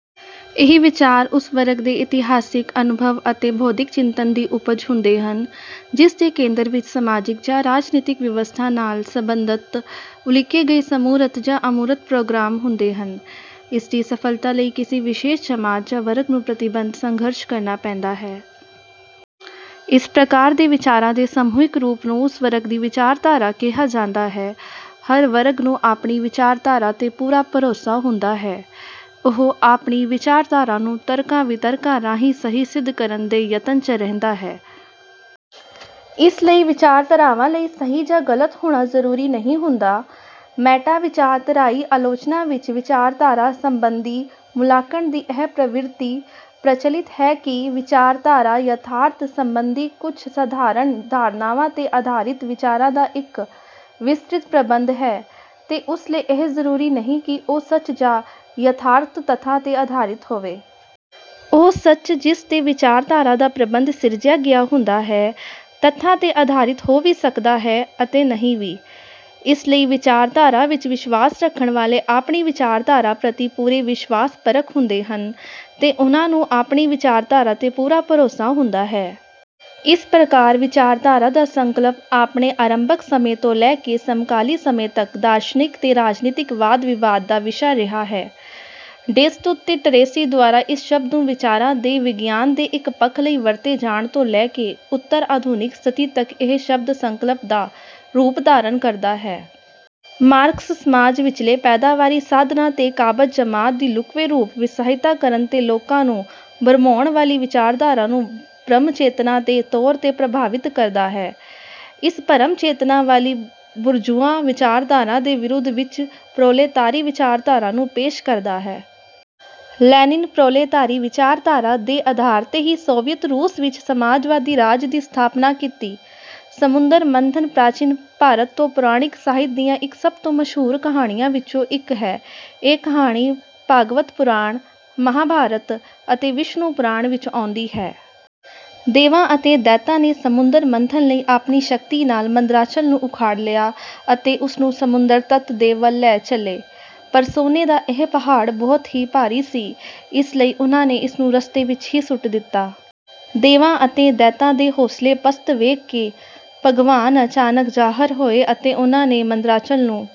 ਇਹ ਵਿਚਾਰ ਉਸ ਵਰਗ ਦੇ ਇਤਿਹਾਸਿਕ ਅਨੁਭਵ ਅਤੇ ਬੌਧਿਕ ਚਿੰਤਨ ਦੀ ਉਪਜ ਹੁੰਦੇ ਹਨ, ਜਿਸ ਦੇ ਕੇਂਦਰ ਵਿੱਚ ਸਮਾਜਿਕ ਜਾਂ ਰਾਜਨੀਤਿਕ ਵਿਵਸਥਾ ਨਾਲ ਸੰਬੰਧਤ ਉਲੀਕੇ ਗਏ ਸਮੂਰਤ ਜਾਂ ਅਮੂਰਤ ਪ੍ਰੋਗਰਾਮ ਹੁੰਦੇ ਹਨ। ਇਸ ਦੀ ਸਫਲਤਾ ਲਈ ਕਿਸੇ ਵਿਸ਼ੇਸ਼ ਜਮਾਤ ਜਾਂ ਵਰਗ ਨੂੰ ਪ੍ਰਤੀਬੱਧ ਸੰਘਰਸ਼ ਕਰਨਾ ਪੈਂਦਾ ਹੈ। ਇਸ ਪ੍ਰਕਾਰ ਦੇ ਵਿਚਾਰਾਂ ਦੇ ਸਮੂਹਿਕ ਰੂਪ ਨੂੰ ਉਸ ਵਰਗ ਦੀ ਵਿਚਾਰਧਾਰਾ ਕਿਹਾ ਜਾਂਦਾ ਹੈ। ਹਰ ਵਰਗ ਨੂੰ ਆਪਣੀ ਵਿਚਾਰਧਾਰਾ 'ਤੇ ਪੂਰਾ ਭਰੋਸਾ ਹੁੰਦਾ ਹੈ। ਉਹ ਆਪਣੀ ਵਿਚਾਰਧਾਰਾ ਨੂੰ ਤਰਕਾਂ-ਵਿਤਰਕਾਂ ਰਾਹੀਂ ਸਹੀ ਸਿੱਧ ਕਰਨ ਦੇ ਯਤਨ 'ਚ ਰਹਿੰਦਾ ਹੈ। ਇਸ ਲਈ ਵਿਚਾਰਧਾਰਾਵਾਂ ਲਈ ਸਹੀ ਜਾਂ ਗ਼ਲਤ ਹੋਣਾ ਜ਼ਰੂਰੀ ਨਹੀਂ ਹੁੰਦਾ। ਮੈਟਾ-ਵਿਚਾਰਧਾਰਾਈ ਆਲੋਚਨਾ ਵਿੱਚ ਵਿਚਾਰਧਾਰਾ ਸੰਬੰਧੀ ਮੁਲਾਂਕਣ ਦੀ ਇਹ ਪ੍ਰਵਿਰਤੀ ਪ੍ਰਚਲਿਤ ਹੈ ਕਿ 'ਵਿਚਾਰਧਾਰਾ ਯਥਾਰਥ ਸੰਬੰਧੀ ਕੁੱਝ ਸਾਧਾਰਨ ਧਾਰਨਾਵਾਂ 'ਤੇ ਆਧਾਰਿਤ ਵਿਚਾਰਾਂ ਦਾ ਇੱਕ ਵਿਸਤ੍ਰਿਤ ਪ੍ਰਬੰਧ ਹੈ, ਤੇ ਉਸ ਲਈ ਇਹ ਜ਼ਰੂਰੀ ਨਹੀਂ ਕਿ ਉਹ ਸੱਚ ਜਾਂ ਯਥਾਰਥਕ ਤੱਥਾਂ 'ਤੇ ਆਧਾਰਿਤ ਹੋਵੇ। ਉਹ ਸੱਚ ਜਿਸ 'ਤੇ ਵਿਚਾਰਧਾਰਾ ਦਾ ਪ੍ਰਬੰਧ ਸਿਰਜਿਆ ਗਿਆ ਹੁੰਦਾ ਹੈ, ਤੱਥਾਂ 'ਤੇ ਆਧਾਰਿਤ ਹੋ ਵੀ ਸਕਦਾ ਹੈ ਅਤੇ ਨਹੀਂ ਵੀ।' ਇਸ ਲਈ ਵਿਚਾਰਧਾਰਾ ਵਿੱਚ ਵਿਸ਼ਵਾਸ ਰੱਖਣ ਵਾਲੇ ਆਪਣੀ ਵਿਚਾਰਧਾਰਾ ਪ੍ਰਤੀ ਪੂਰੇ ਵਿਸ਼ਵਾਸਪਰਕ ਹੁੰਦੇ ਹਨ, ਤੇ ਉਨ੍ਹਾਂ ਨੂੰ ਆਪਣੀ ਵਿਚਾਰਧਾਰਾ 'ਤੇ ਪੂਰਾ ਭਰੋਸਾ ਹੁੰਦਾ ਹੈ। ਇਸ ਪ੍ਰਕਾਰ ਵਿਚਾਰਧਾਰਾ ਦਾ ਸੰਕਲਪ ਆਪਣੇ ਆਰੰਭਕ ਸਮੇਂ ਤੋਂ ਲੈ ਕੇ ਸਮਕਾਲੀ ਸਮੇਂ ਤੱਕ ਦਾਰਸ਼ਨਿਕ ਤੇ ਰਾਜਨੀਤਿਕ ਵਾਦ-ਵਿਵਾਦ ਦਾ ਵਿਸ਼ਾ ਰਿਹਾ ਹੈ। ਡੇਸਤੁਤ ਦੇ ਟਰੇਸੀ ਦੁਆਰਾ ਇਸ ਸ਼ਬਦ ਨੂੰ ਵਿਚਾਰਾਂ ਦੇ ਵਿਗਿਆਨ ਦੇ ਇੱਕ ਪੱਖ ਲਈ ਵਰਤੇ ਜਾਣ ਤੋਂ ਲੈ ਕੇ ਉੱਤਰ-ਆਧੁਨਿਕ ਸਥਿਤੀ ਤੱਕ ਇਹ ਸ਼ਬਦ ਸੰਕਲਪ ਦਾ ਰੂਪ ਧਾਰਨ ਕਰਦਾ ਹੈ। ਮਾਰਕਸ ਸਮਾਜ ਵਿਚਲੇ ਪੈਦਾਵਾਰੀ ਸਾਧਨਾਂ 'ਤੇ ਕਾਬਜ਼ ਜਮਾਤ ਦੀ ਲੁਕਵੇਂ ਰੂਪ ਵਿੱਚ ਸਹਾਇਤਾ ਕਰਨ ਤੇ ਲੋਕਾਂ ਨੂੰ ਭਰਮਾਉਣ ਵਾਲੀ ਵਿਚਾਰਧਾਰਾ ਨੂੰ ਭਰਮ-ਚੇਤਨਾ ਦੇ ਤੌਰ 'ਤੇ ਪ੍ਰਭਾਸ਼ਿਤ ਕਰਦਾ ਹੈ। ਇਸ ਭਰਮ-ਚੇਤਨਾ ਵਾਲੀ ਬੁਰਜ਼ੂਆ ਵਿਚਾਰਧਾਰਾ ਦੇ ਵਿਰੋਧ ਵਿੱਚ ਪ੍ਰੋਲੇਤਾਰੀ ਵਿਚਾਰਧਾਰਾ ਨੂੰ ਪੇਸ਼ ਕਰਦਾ ਹੈ। ਲੈਨਿਨ ਪ੍ਰੋਲੇਤਾਰੀ ਵਿਚਾਰਧਾਰਾ ਦੇ ਆਧਾਰ 'ਤੇ ਹੀ ਸੋਵੀਅਤ ਰੂਸ ਵਿੱਚ ਸਮਾਜਵਾਦੀ ਰਾਜ ਦੀ ਸਥਾਪਨਾ ਕੀਤੀ। ਸਮੁੰਦਰ ਮੰਥਨ ਪ੍ਰਾਚੀਨ ਭਾਰਤ ਦੇ ਪੌਰਾਣਿਕ ਸਾਹਿਤ ਦੀਆਂ ਇੱਕ ਸਭ ਤੋਂ ਮਸ਼ਹੂਰ ਕਹਾਣੀਆਂ ਵਿੱਚੋਂ ਇੱਕ ਹੈ। ਇਹ ਕਹਾਣੀ ਭਾਗਵਤ ਪੁਰਾਣ, ਮਹਾਭਾਰਤ, ਅਤੇ ਵਿਸ਼ਨੂ ਪੁਰਾਣ ਵਿੱਚ ਆਉਂਦੀ ਹੈ। ਦੇਵਾਂ ਅਤੇ ਦੈਤਾਂ ਨੇ ਸਮੁੰਦਰ ਮੰਥਨ ਲਈ ਆਪਣੀ ਸ਼ਕਤੀ ਨਾਲ ਮੰਦਰਾਚਲ ਨੂੰ ਉਖਾੜ ਲਿਆ ਅਤੇ ਉਸਨੂੰ ਸਮੁੰਦਰ ਤਟ ਦੇ ਵੱਲ ਲੈ ਚਲੇ। ਪਰ ਸੋਨੇ ਦਾ ਇਹ ਪਹਾੜ ਬਹੁਤ ਹੀ ਭਾਰੀ ਸੀ, ਇਸ ਲਈ ਉਨ੍ਹਾਂ ਨੇ ਇਸਨੂੰ ਰਸਤੇ ਵਿੱਚ ਹੀ ਸੁੱਟ ਦਿੱਤਾ। ਦੇਵਾਂ ਅਤੇ ਦੈਤਾਂ ਦੇ ਹੌਸਲੇ ਪਸਤ ਵੇਖ ਕੇ ਭਗਵਾਨ ਅਚਾਨਕ ਜ਼ਾਹਰ ਹੋਏ ਅਤੇ ਉਨ੍ਹਾਂ ਨੇ ਮੰਦਰਾਚਲ ਨੂੰ